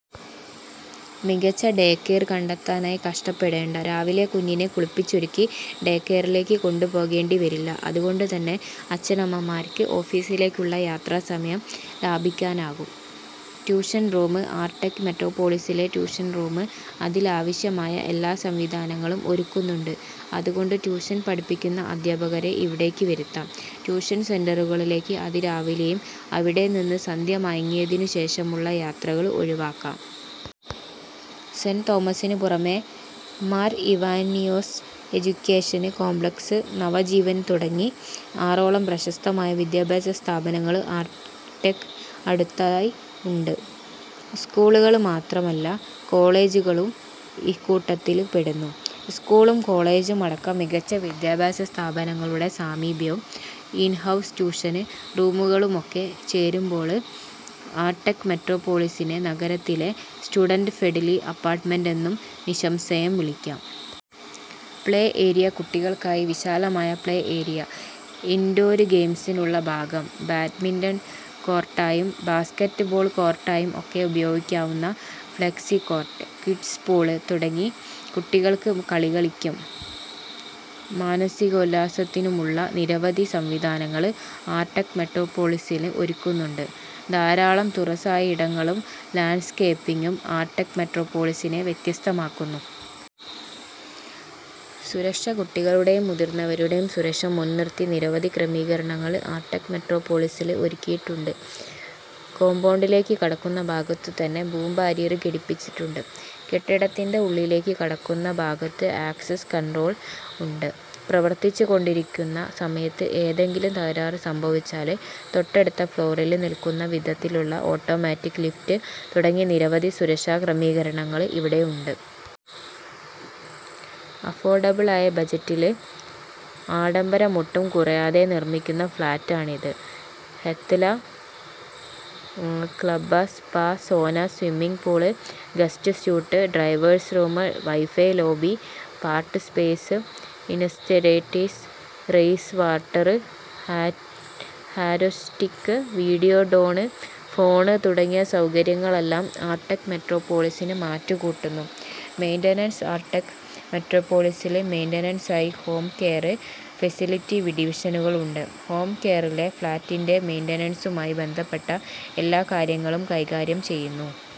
മികച്ച ഡേകെയര് കണ്ടെത്താനായി കഷ്ടപ്പെടേണ്ട. രാവിലെ കുഞ്ഞിനെ കുളിപ്പിച്ചൊരുക്കി ഡേകെയറിലേക്ക് കൊണ്ടുപോകേണ്ടി വരില്ല. അതുകൊണ്ടുതന്നെ അച്ഛനമ്മമാര്ക്ക് ഓഫീസിലേക്കുള്ള യാത്രാസമയം ലാഭിക്കാനാകും. ട്യൂഷന് റൂം ആര്ടെക് മെട്രോപൊളിസില് ട്യൂഷന് റൂമും അതിലാവശ്യമായ എല്ലാ സംവിധാനങ്ങളും ഒരുക്കുന്നുണ്ട്. അതുകൊണ്ട് ട്യൂഷന് പഠിപ്പിക്കുന്ന അധ്യാപകരെ ഇവിടേക്ക് വരുത്താം. ട്യൂഷന് സെന്ററുകളിലേക്ക് അതിരാവിലെയും അവിടെ നിന്ന് സന്ധ്യമയങ്ങിയതിനു ശേഷവുമുള്ള യാത്രകള് ഒഴിവാക്കാം. സെന്റ് തോമസിനു പുറമേ മാര് ഇവാനിയോസ് എഡ്യൂക്കേഷന് കോംപ്ലക്സ്, നവജീവന് തുടങ്ങി ആറോളം പ്രശസ്തമായ വിദ്യാഭ്യാസ സ്ഥാപനങ്ങള് ആര്ട്ടെക്കിന് അടുത്തായി ഉണ്ട്. സ്കൂളുകള് മാത്രമല്ല കോളെജുകളും ഇക്കൂട്ടത്തില് പെടുന്നു. സ്കൂളും കോളെജും അടക്കം മികച്ച വിദ്യാഭ്യാസ സ്ഥാപനങ്ങളുടെ സാമീപ്യവും ഇന്ഹൗസ് ട്യൂഷന് റൂമുകളുമൊക്കെ ചേരുമ്പോള് ആര്െടക് മെട്രോപൊളിസിനെ നഗരത്തിലെ സ്റ്റുഡന്റ് ഫ്രണ്ട്ലി അപ്പാര്ട്ട്മെന്റ് എന്നു നിസംശയം വിളിക്കാം. പ്ലേ ഏരിയ കുട്ടികള്ക്കായി വിശാലമായ പ്ലേ ഏരിയ, ഇന്ഡോര് ഗെയിംസിനുള്ള ഭാഗം, ബാഡ്മിന്റണ് കോര്ട്ടായും ബാസ്കറ്റ് ബോള് കോര്ട്ടായും ഒക്കെ ഉപയോഗിക്കാവുന്ന ഫ്ളെക്സി കോര്ട്ട്, കിഡ്സ് പൂള് തുടങ്ങി കുട്ടികള്ക്ക് കളികള്ക്കും മാനസികോല്ലാസത്തിനുമുള്ള നിരവധി സംവിധാനങ്ങള് ആര്ടെക് മെട്രോപൊളിസില് ഒരുക്കുന്നുണ്ട്. ധാരാളം തുറസായ ഇടങ്ങളും ലാന്ഡ്സ്കേപ്പിംഗും ആര്ടെക് മൊട്രോപോളിസിനെ വ്യത്യസ്തമാക്കുന്നു. സുരക്ഷ കുട്ടികളുടെയും മുതിര്ന്നവരുടെയും സുരക്ഷ മുന്നിര്ത്തി നിരവധി ക്രമീകരണങ്ങള് ആര്ടെക് മെട്രോപൊളിസില് ഒരുക്കിയിട്ടുണ്ട്. കോംപൗണ്ടിലേക്ക് കടക്കുന്ന ഭാഗത്തു തന്നെ ബൂം ബാരിയര് ഘടിപ്പിച്ചിട്ടുണ്ട്. കെട്ടിടത്തിന്റെ ഉള്ളിലേക്ക് കടക്കുന്ന ഭാഗത്ത് ആക്സസ് കണ്ട്രോള് ഉണ്ട്. പ്രവര്ത്തിച്ചുകൊണ്ടിരിക്കുന്ന സമയത്ത് എന്തെങ്കിലും തകരാറ് സംഭവിച്ചാല്, തൊട്ടടുത്ത ഫ്ളോറില് നില്ക്കുന്ന വിധത്തിലുള്ള ഓട്ടോമാറ്റിക് ലിഫ്റ്റ് തുടങ്ങി നിരവധി സുരക്ഷാക്രമീകരണങ്ങള് ഇവിടെയുണ്ട്. അഫോര്ഡബിളായ ബജറ്റില് ആഡംബരമൊട്ടും കുറയാതെ നിര്മിക്കുന്ന ഫ്ളാറ്റാണിത്. Health club, spa, sauna, swimming pool, guest suite, drivers room, wifi lobby, party space, incinerator, rain water harvesting, video door phone തുടങ്ങിയ സൗകര്യങ്ങളെല്ലാം ആര്ടെക് മെട്രോപൊളിസിന് മാറ്റ് കൂട്ടുന്നു. മെയ്ന്റനന്സ് ആര്ടെക് മെട്രോപൊളിസില് മെയ്ന്റനന്സിനായി ഹോം കെയര്, ഫെസിലിറ്റി ഡിവിഷനുകളുണ്ട്. ഹോം കെയറില് ഫ്ളാറ്റിന്റെ മെയ്ന്റനന്സുമായി ബന്ധപ്പെട്ട എല്ലാ കാര്യങ്ങളും കൈകാര്യം ചെയ്യുന്നു.